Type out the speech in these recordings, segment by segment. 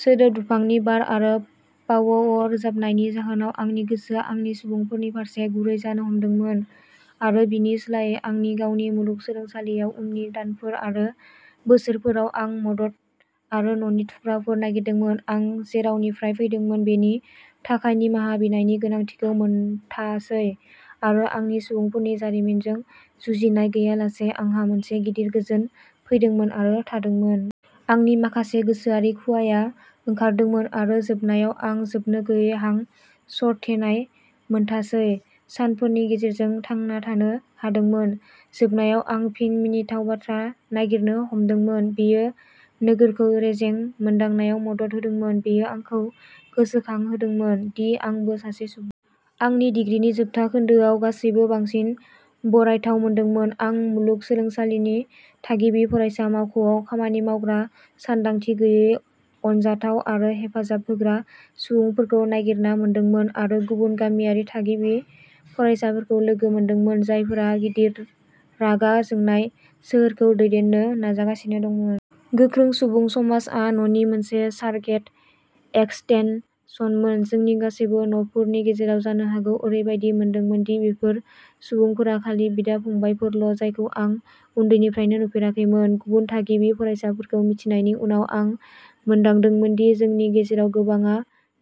सिदोब दुफांनि बार आरो पावव'रोजाबनायनि जाहोनाव, आंनि गोसोआ आंनि सुबुंफोरनि फारसे गुरै जानो हमदोंमोन आरो बिनि सोलायै, आंनि गावनि। मुलुगसोलोंसालियाव उननि दानफोर आरो बोसोरफोराव, आं मदद आरो न'नि थुख्राफोर नागिरदोंमोन। आं जेरावनिफ्राय फैदोंमोन बेनि थाखाय निमाहा बिनायनि गोनांथिखौ मोनथासै, आरो आंनि सुबुंफोरनि जारिमिनजों जुजिनाय गैयालासे, आंहा मोनसे गिदिर गोजोन फैदोंमोन आरो थादोंमोन। आंनि माखासे गोसोआरि खुवाया ओंखारदोंमोन, आरो जोबनायाव आं जोबनो गैयै हां सरथेनाय मोनथासै सानफोरनि गेजेरजों थांना थानो हादोंमोन। जोबनायाव आं फिन मिनिथाव बाथ्रा नागिरनो हमदोंमोन। बेयो नोगोरखौ रेजें मोनदांनायाव मदद होदोंमोन। बेयो आंखौ गोसोखांहोदोंमोन दि आंबो सासे सुबुं। आंनि दिग्रिनि जोबथा खोन्दोआव, गासैबो बांसिन बरायथाव मोनदोंमोन। आं मुलुग सोलोंसालिनि थागिबि फरायसा मावख'आव खामानि मावग्रा सानदांथि गैयै अनजाथाव आरो हेफाजाब होग्रा सुबुंफोरखौ नागिरना मोनदोंमोन, आरो गुबुन गामियारि थागिबि फरायसाफोरखौ लोगो मोनदोंमोन जायफोरा गिदिर रागा जोंनाय सोहोरखौ दैदेननो नाजागासिनो दंमोन। गोख्रों सुबुं समाजआ न'नि मोनसे सार'गेट एक्सटेन सनमोन जोंनि गासैबो न'फोरनि गेजेराव जानो हागौ। ओरैबायदि मोनदोंमोन दि बेफोर सुबुंफोरा खालि बिदा-फंबायफोरल'जायखौ आं उन्दैनिफ्रायनो नुफेराखैमोन। गुबुन थागिबि फरायसाफोरखौ मिथिनायनि उनाव, आं मोनदांदोंमोन दि जोंनि गेजेराव गोबांआ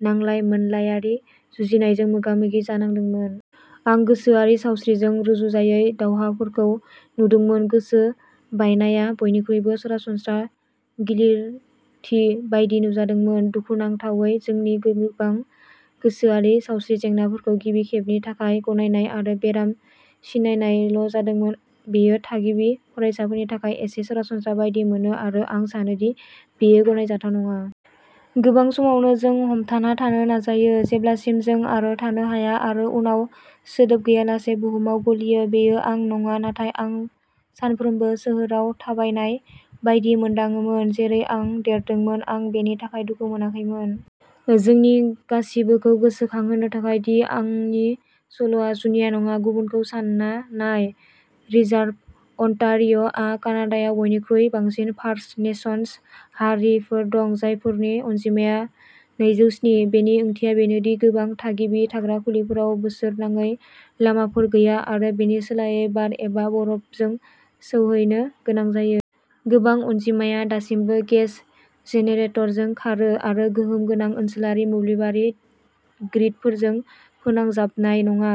नांलाय-मोनलायारि जुजिनायजों मोगा-मोगि जानांदोंमोन। आं गोसोआरि सावस्रिजों रुजुजायै दावहाफोरखौ नुदोंमोन, गोसो बायनाया बयनिख्रुइबो सरासनस्रा गिलिरथि बायदि नुजादोंमोन। दुखुनांथावै, जोंनि गोबां गोसोआरि सावस्रि जेंनाफोरखौ गिबि खेबनि थाखाय गनायनाय आरो बेराम सिनायनायल'जादोंमोन। बेयो थागिबि फरायसाफोरनि थाखाय एसे सरासनस्रा बायदि मोनो, आरो आं सानो दि बेयो गनायजाथाव नङा। गोबां समावनो, जों हमथाना थानो नाजायो जेब्लासिम जों आरो थानो हाया आरो उनाव सोदोब गैयालासे बुहुमाव गलियो। बेयो आं नङा, नाथाय आं सानफ्रोमबो सोहोराव थाबायनाय बायदि मोनदाङोमोन। जेरै आं देरदोंमोन, आं बेनि थाखाय दुखु मोनाखैमोन। जोंनि गासिबोखौ गोसोखांहोनो थाखाय दि आंनि सल'आ जुनिया नङा, गुबुनखौ सान्ना नाय। रिजार्भः अन्टारिय'आ कानाडायाव बयनिख्रुइ बांसिन फार्स्ट नेशन्स हारिफोर दं, जायफोरनि अनजिमाया नैजौस्नि । बेनि ओंथिया बेनो दि गोबां थागिबि थाग्रा खुलिफोराव बोसोरनाङै लामाफोर गैया, आरो बेनि सोलायै बार एबा बरफजों सौहैनो गोनां जायो। गोबां अनजिमाया दासिमबो गेस जेनेरेटरजों खारो आरो गोहोम गोनां ओनसोलारि मोब्लिबारि ग्रिडफोरजों फोनांजाबनाय नङा।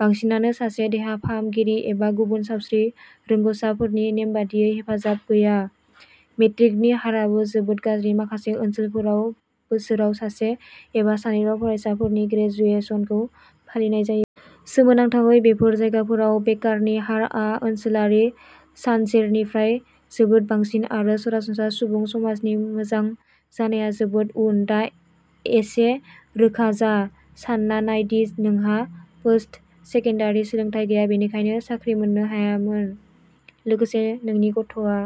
बांसिनानो सासे देहा फाहामगिरि एबा गुबुन सावस्रि रोंग'साफोरनि नेमबादि हेफाजाब गैया। मेट्रिकनि हाराबो जोबोद गाज्रि, माखासे ओनसोलफोराव बोसोराव सासे एबा सानैल'फरायसाफोरनि ग्रेजुएशनखौ फालिनाय जायो। सोमोनांथावै, बेफोर जायगाफोराव बेकारनि हारआ ओनसोलारि सानजेरनिफ्राय जोबोद बांसिन, आरो सरासनस्रा सुबुं समाजनि मोजां जानाया जोबोद उन। दा एसे रोखा जा सानना नाय दि नोंहा पोस्ट-सेकेन्डारि सोलोंथाय गैया, बेनिखायनो साख्रि मोननो हायामोन। लोगोसे, नोंनि गथ'आ।